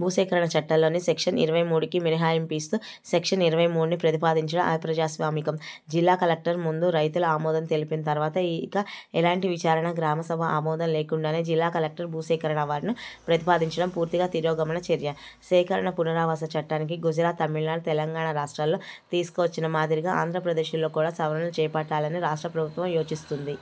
భూసేకరణ చట్టంలోని సెక్షన్ ఇరవై మూడుకి మినహాయింపునిస్తూ సెక్షన్ ఇరవై మూడుని ప్రతిపాదించడం అప్రజాస్వామికం. జిల్లా కలెక్టర్ ముందు రైతుల ఆమోదం తెలిపిన తర్వాత ఇక ఎలాంటి విచారణ గ్రామసభ ఆమోదం లేకుండానే జిల్లా కలెక్టర్ భూసేకరణ అవార్డును ప్రతిపాదించడం పూర్తిగా తిరోగమన చర్య. సేకరణ పునరావాస చట్టానికి గుజరాత్, తమిళనాడు, తెలంగాణ రాష్ట్రాల్లో తీసుకువచ్చిన మాదిరిగా ఆంధ్రప్రదేశ్లో కూడా సవరణలు చేపట్టాలని రాష్ట్ర ప్రభుత్వం యోచిస్తున్నది.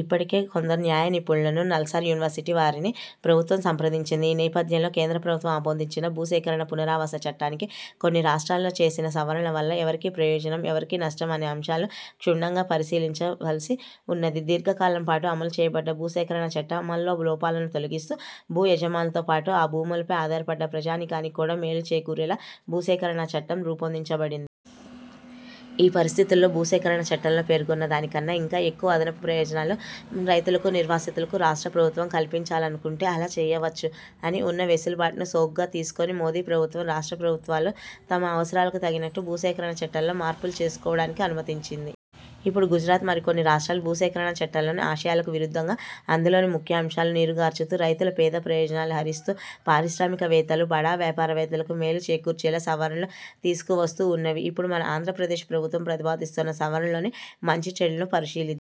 ఇప్పటికే కొందరు న్యాయ నిపుణులను, నల్సార్ యూనివర్సిటీ వారిని ప్రభుత్వం సంప్రదించింది. ఈ నేపథ్యంలో కేంద్ర ప్రభుత్వం ఆమోదించిన భూసేకరణ పునరావాస చట్టానికి కొన్ని రాష్ట్రాల్లో చేసిన సవరణల వలన ఎవరికి ప్రయోజనం, ఎవరికి నష్టం అనే అంశాలు క్షుణ్ణంగా పరిశీలించవలసి ఉన్నది. దీర్ఘకాలం పాటు అమలుచేయబడ్డ భూసేకరణ చట్టం అమలులో లోపాలను తొలగిస్తూ, భూయజమానులతో పాటు ఆ భూములపై ఆధారపడ్డ ప్రజానీకానికి కూడా మేలు చేకూరేలా భూసేకరణ చట్టం రూపొందించబడిం ఈ పరిస్థితుల్లో భూసేకరణ చట్టంలో పేర్కొన్న దానికన్నా ఇంకా ఎక్కువ అదనపు ప్రయోజనాలు రైతులకు, నిర్వాసితులకు రాష్ట్ర ప్రభుత్వం కల్పించాలనుకుంటే అలా చేయవచ్చు అని ఉన్న వెసులుబాటును సాకుగా తీసుకుని మోదీ ప్రభుత్వం, రాష్ట్ర ప్రభుత్వాలు తమ అసవరాలకు తగినట్టు భూసేకరణ చట్టంలో మార్పులు చేసుకోవడానికి అనుమతించింది. ఇప్పుడు గుజరాత్ మరికొన్ని రాష్ర్టాలు భూసేకరణ చట్టంలోని ఆశయాలకు విరుద్ధంగా అందులోని ముఖ్య అంశాలను నీరుగార్చుతూ రైతులు, పేదల ప్రయోజనాలను హరిస్తూ పారిశ్రామికవేత్తలు, బడా వ్యాపారవేత్తలకు మేలు చేకూర్చేలా సవరణలను తీసుకువస్తూ ఉన్నవి. ఇప్పుడు మన ఆంధ్రప్రదేశ్ ప్రభుత్వం ప్రతిపాదిస్తున్న సవరణలోని మంచి చెడులను పరిశీలి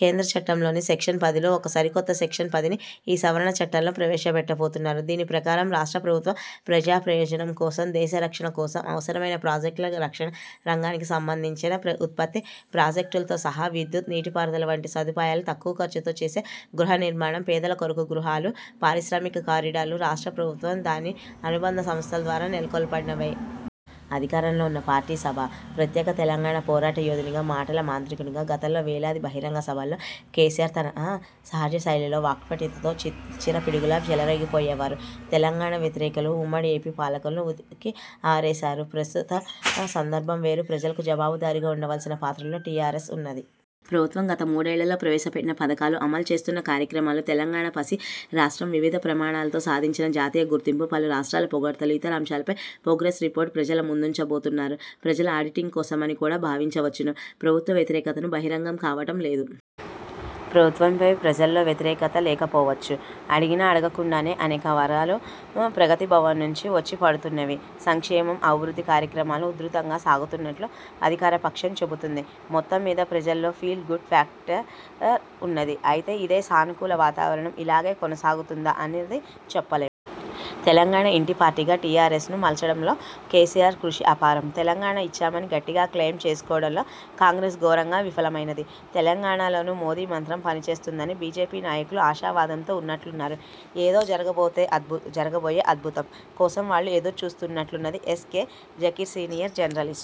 కేంద్ర చట్టంలోని సెక్షన్ పదిలో ఒక సరికొత్త సెక్షన్ పదిను ఈ సవరణ చట్టంలో ప్రవేశపెట్టబోతున్నారు. దీని ప్రకారం రాష్ట్ర ప్రభుత్వం ప్రజాప్రయోజనం కోసం దేశ రక్షణ కోసం అవసరమైన ప్రాజెక్టులు రక్షణ రంగానికి సంబంధించిన ఉత్పత్తి ప్రాజెక్టులతో సహా, విద్యుత్, నీటి పారుదల వంటి సదుపాయాలు తక్కువ ఖర్చుతో చేసే గృహ నిర్మాణం, పేదల కొరకు గృహాలు, పారిశ్రామిక కారిడార్లు రాష్ట్ర ప్రభుత్వం, దాని అనుబంధ సంస్థల ద్వారా నెలకొల్పబడేవే అధికారంలో ఉన్న పార్టీ సభ. ప్రత్యేక తెలంగాణ పోరాట యోధునిగా, మాటల మాంత్రికునిగా గతంలో వేలాది బహిరంగ సభలలో కేసీఆర్ తన సహజ శైలిలో, వాక్పటిమతో చిచ్చర పిడుగులా చెలరేగిపోయేవారు. తెలంగాణ వ్యతిరేకులు, ఉమ్మడి ఏపీ పాలకులు ఉతికి ఆరేసేవారు. ప్రస్తుత సందర్భం వేరు. ప్రజలకు జవాబుదారీగా ఉండవలసిన పాత్రలో టీఆర్ఎస్ ఉన్నది. ప్రభుత్వం గత మూడేళ్లలో ప్రవేశపెట్టిన పథకాలు, అమలు చేస్తున్న కార్యక్రమాలు, తెలంగాణ పసి రాష్ట్రం వివిధ ప్రమాణాలతో సాధించిన జాతీయ గుర్తింపు, పలు రాష్ట్రాల పొగడ్తలు, ఇతర అంశాలపై 'ప్రోగ్రెస్ రిపోర్టు' ప్రజల ముందుంచబోతున్నారు. ప్రజల ఆడిటింగ్ కోసమని కూడా భావించవచ్చును. ప్రభుత్వ వ్యతిరేకతను బహిరంగం కావడం లేదు. ప్రభుత్వంపై ప్రజల్లో వ్యతిరేకత లేకపోవచ్చు. అడిగినా, అడగకుండానే అనేక వరాలు 'ప్రగతి భవన్' నుంచి వచ్చి పడుతున్నవి. సంక్షేమం, అభివృద్ధి కార్యక్రమాలు ఉధృతంగా సాగుతున్నట్లు అధికారపక్షం చెబుతున్నది. మొత్తంమీద ప్రజలలో 'ఫీల్ గుడ్' ఫ్యాక్టర్ ఉన్నది. అయితే ఇదే సానుకూల వాతావరణం ఇలాగే కొనసాగుతుందా అనేది చెప్పలేం. తెలంగాణ ఇంటి పార్టీగా టీఆర్ఎస్ ను మలచడంలో కేసీఆర్ కృషి అపారం. తెలంగాణ ఇచ్చామని గట్టిగా క్లయిం చేసుకోవడంలో కాంగ్రెస్ ఘోరంగా విఫలమైనది. తెలంగాణలోనూ మోదీ మంత్రం పనిచేస్తుందని బీజేపీ నాయకులు ఆశావాదంతో ఉన్నట్లున్నారు. ఏదో జరగబోతే జరగబోయే 'అద్భుతం' కోసం వాళ్ళు ఎదురు చూస్తున్నట్లున్నది. ఎస్. కె. జకీర్సీనియర్ జర్నలిస్ట్